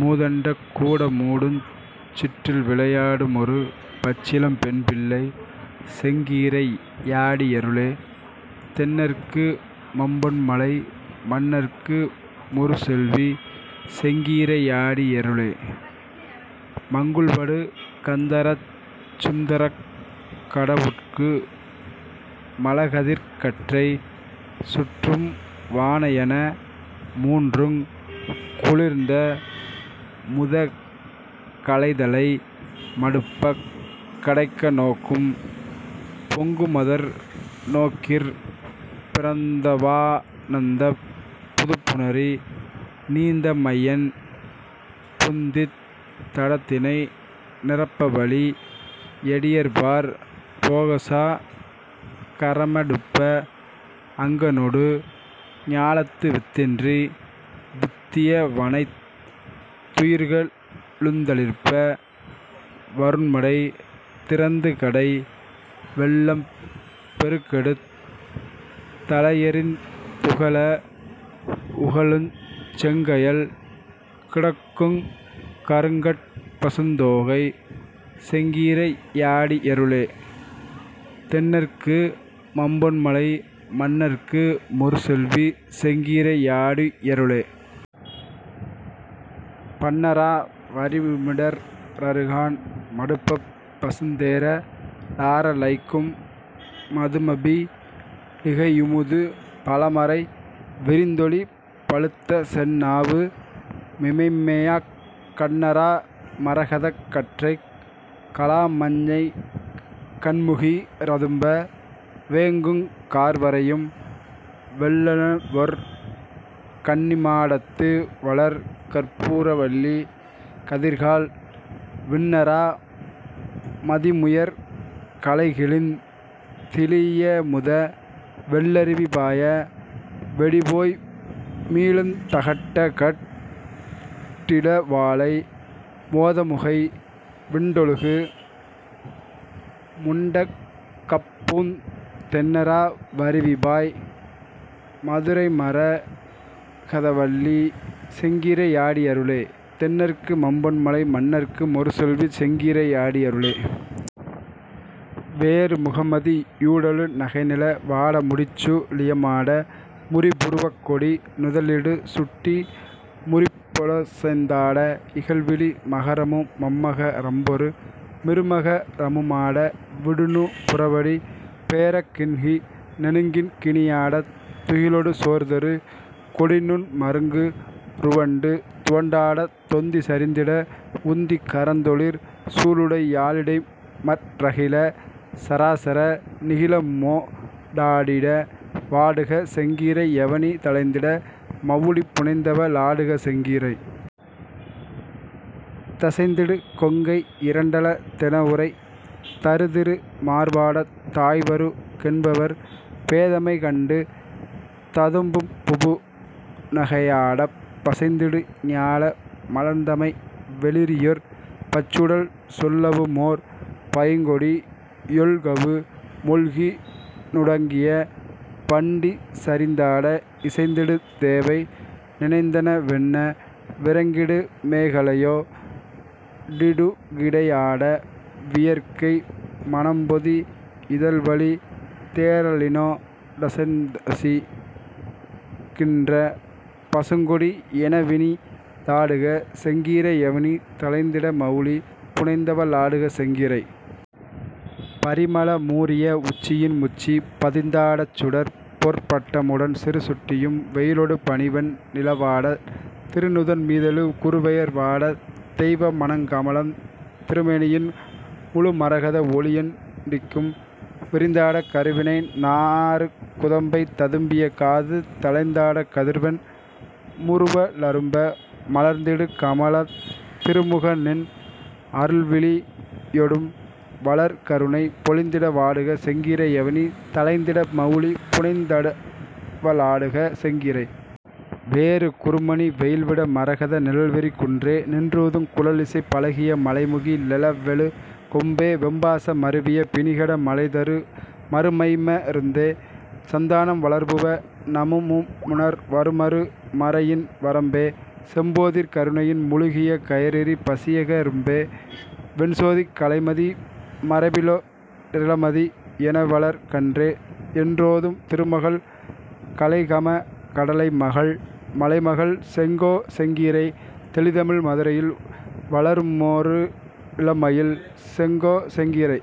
மூதண்ட கூடமூடுஞ் சிற்றில்விளை யாடுமொரு பச்சிளம் பெண்பிள்ளை செங்கீரை யாடி யருளே தென்னற்கு மம்பொன்மலை மன்னற்கு மொருசெல்வி செங்கீரை யாடி யருளே. மங்குல்படு கந்தரச் சுந்தரக் கடவுட்கு மழகதிர்க் கற்றை சுற்றும் வாணயன மூன்றுங் குளிர்ந்தமுத கலைதலை மடுப்பக் கடைக்க ணோக்கும் பொங்குமதர் நோக்கிற் பிறந்தவா னந்தப் புதுப்புணரி நீத்த மையன் புந்தித் தடத்தினை நிரப்பவழி யடியர்பாற் போகசா கரம டுப்ப அங்கணொடு ஞாலத்து வித்தின்றி வித்திய வனைத் துயிர்க ளுந்தளிர்ப்ப வருண்மடை திறந்துகடை வெள்ளம் பெருக்கெடுத் தலையெறிந் துகள வுகளுஞ் செங்கயல் கிடக்குங் கருங்கட் பசுந்தோகை செங்கீரை யாடி யருளே தென்னற்கு மம்பொன்மலை மன்னற்கு மொருசெல்வி செங்கீரை யாடி யருளே. பண்ணறா வரிமிடற் றறுகாண் மடுப்பப் பசுந்தேற லாற லைக்கும் பதுமபீ டிகையுமுது பழமறை விரிந்தொளி பழுத்தசெந் நாவு மிமையாக் கண்ணறா மரகதக் கற்றைக் கலாமஞ்ஞை கண்முகி றதும்ப வேங்குங் கார்வரையும் வெள்ளெனவொர் கன்னிமா டத்துவளர் கற்பூர வல்லி கதிர்கால் விண்ணறா மதிமுயற் கலைகிழிந் திழியமுத வெள்ளருவி பாய வெடிபோய் மீளுந் தகட்டகட் டிளவாளை மோதமுகை விண்டொழுகு முண்ட கப்பூந் தெண்ணறா வருவிபாய் மதுரைமர கதவல்லி செங்கீரை யாடி யருளே தென்னற்கு மம்பொன்மலை மன்னற்கு மொருசெல்வி செங்கீரை யாடி யருளே. வேறு முகமதி யூடெழு நகைநில வாட முடிச்சூ ழியமாட முரிபுரு வக்கொடி நுதலிடு சுட்டி முரிப்பொ டசைந் தாட இகல்விழி மகரமு மம்மக ரம்பொரு மிருமக ரமுமாட விடுநூ புரவடி பெயரக் கிண்கி ணெனுங்கிண் கிணியாடத் துகிலொடு சோர்தரு கொடிநுண் மருங்கு றுவண்டு துவண்டாடத் தொந்தி சரிந்திட வுந்தி கரந்தொளிர் சூலுடை யாலிடைமற் றகில சராசர நிகிலமொ டாடிட வாடுக செங்கீரை யவனி தழைந்திட மவுலி புனைந்தவ ளாடுக செங்கீரை. தசைந்திடு கொங்கை யிரண்டல தெனவுரை தருதிரு மார்பாடத் தாய்வரு கென்பவர் பேதைமை கண்டு ததும்புபு னகையாடப் பசைந்திடு ஞால மலர்ந்தமை வெளிறியொர் பச்சுடல் சொல்லவுமோர் பைங்கொடி யொல்கவு மொல்கி நுடங்கிய பண்டி சரிந்தாட இசைந்திடு தேவை நினைந்தன வென்ன விரங்கிடு மேகலையோ டிடுகிடை யாட வியற்கை மணம்பொதி யிதழ்வழி தேறலினோ டசைந்தொசி கின்ற பசுங்கொடி யெனவினி தாடுக செங்கீரை யவனி தழைந்திட மவுலி புனைந்தவ ளாடுக செங்கீரை. பரிமள மூறிய வுச்சியின் முச்சி பதிந்தா டச்சுடர்பொற் பட்டமு டன்சிறு சுட்டியும் வெயிலொடு பனிவெண் ணிலவாடத் திருநுதன் மீதெழு குறுவெயர் வாடத் தெய்வம ணங்கமழுந் திருமேனியின் முழு மரகத வொளியெண் டிக்கும் விரிந்தாடக் கருவினை நாறு குதம்பை ததும்பிய காது தழைந்தாடக் கதிர்வெண் முறுவ லரும்ப மலர்ந்திடு கமலத் திருமுகநின் அருள்விழி யொடும்வளர் கருணை பொழிந்திட வாடுக செங்கீரை யவனி தழைந்திட மவுலி புனைந்தவ ளாடுக செங்கீரை. வேறு குருமணி வெயில்விட மரகத நிழல்விரி குன்றே நின்றூதுங் குழலிசை பழகிய மழைமுகி லெழவெழு கொம்பே வெம்பாச மருவிய பிணிகெட மலைதரு மருமைம ருந்தே சந்தானம் வளர்புவ னமுமுணர் வருமரு மறையின்வ ரம்பே செம்போதிற் கருணையின் முழுகிய கயறிரி பசியக ரும்பே வெண்சோதிக் கலைமதி மரபிலொ ரிளமதி யெனவளர் கன்றே யென்றோதும் திருமகள் கலைகமகடலைமகள் மலைமகள் செங்கோ செங்கீரை தெளிதமிழ் மதுரையில் வளருமொ ரிளமயில் செங்கோ செங்கீரை.